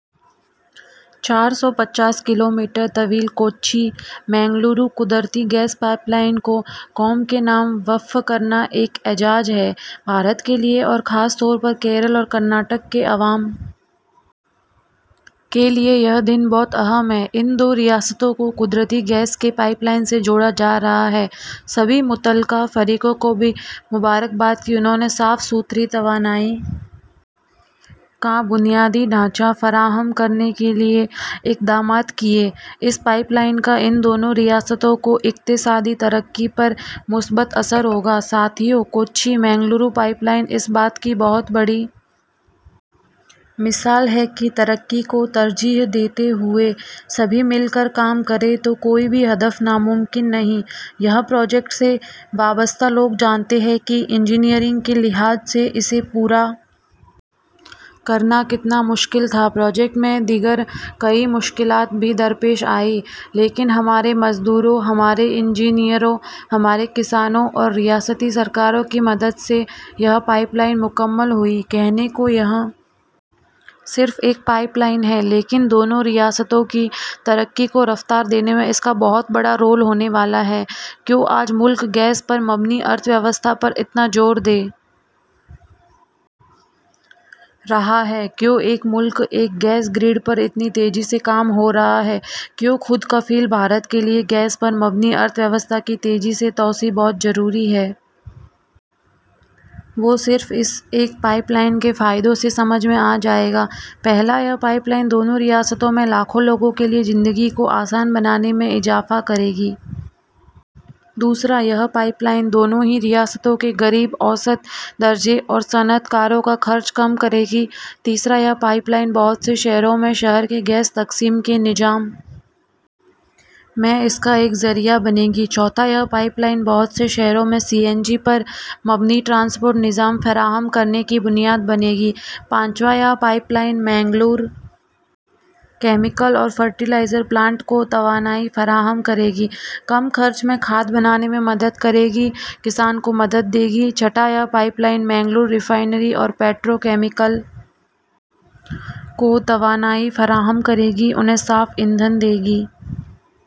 چار سو پچاس کلو میٹر طویل کوچی مینگلورو قدرتی گیس پائپ لائن کو قوم کے نام وقف کرنا ایک اعزاز ہے بھارت کے لیے اور خاص طور پر کیرلہ اور کرناٹک کے عوام کے لیے یہ دن بہت اہم ہے ان دو ریاستوں کو قدرتی گیس کے پائپ لائن سے جوڑا جا رہا ہے سبھی متعلقہ فریقوں کو بھی مبارکباد کہ انہوں نے صاف ستھری توانائی کا بنیادی ڈھانچہ فراہم کرنے کے لیے اقدامات کیے اس پائپ لائن کا ان دونوں ریاستوں کی اقتصادی ترقی پر مثبت اثر ہوگا ساتھیو کوچی مینگلورو پائپ لائن اس بات کی بہت بڑی مثال ہے کہ ترقی کو ترجیح دیتے ہوئے سبھی مل کر کام کریں تو کوئی بھی ہدف ناممکن نہیں یہ پروجیکٹ سے وابستہ لوگ جانتے ہیں کہ انجینئرنگ کے لحاظ سے اسے پورا کرنا کتنا مشکل تھا پروجیکٹ میں دیگر کئی مشکلات بھی درپیش آئیں لیکن ہمارے مزدوروں ہمارے انجینئروں ہمارے کسانوں اور ریاستی سرکاروں کی مدد سے یہ پائپ لائن مکمل ہوئی کہنے کو یہ صرف ایک پائپ لائن ہے لیکن دونوں ریاستوں کی ترقی کو رفتار دینے میں اس کا بہت بڑا رول ہونے والا ہے کیوں آج ملک گیس پر مبنی معیشت پر اتنا زور دے رہا ہے کیوں ایک ملک ایک گیس گرڈ پر اتنی تیزی سے کام ہو رہا ہے کیوں خود کفیل بھارت کے لیے گیس پر مبنی معیشت کی تیزی سے توسیع بہت ضروری ہے وہ صرف اس ایک پائپ لائن کے فائدوں سے سمجھ میں آ جائے گا پہلا یہ پائپ لائن دونوں ریاستوں میں لاکھوں لوگوں کے لیے زندگی کو آسان بنانے میں اضافہ کرے گی دوسرا یہ پائپ لائن دونوں ہی ریاستوں کے غریب اوسط درجے اور صنعت کاروں کا خرچ کم کرے گی تیسرا یہ پائپ لائن بہت سے شہروں میں شہر کے گیس تقسیم کے نظام میں اس کا ایک ذریعہ بنے گی چوتھا یہ پائپ لائن بہت سے شہروں میں سی این جی پر مبنی ٹرانسپورٹ نظام فراہم کرنے کی بنیاد بنے گی پانچواں یہ پائپ لائن مینگلور کیمیکل اور فرٹی لائزر پلانٹ کو توانائی فراہم کرے گی کم خرچ میں کھاد بنانے میں مدد کرے گی کسان کو مدد دے گی چھٹا یہ پائپ لائن مینگلور ریفائنری اور پیٹرو کیمیکل کو توانائی فراہم کرے گی انہیں صاف ایندھن دے گی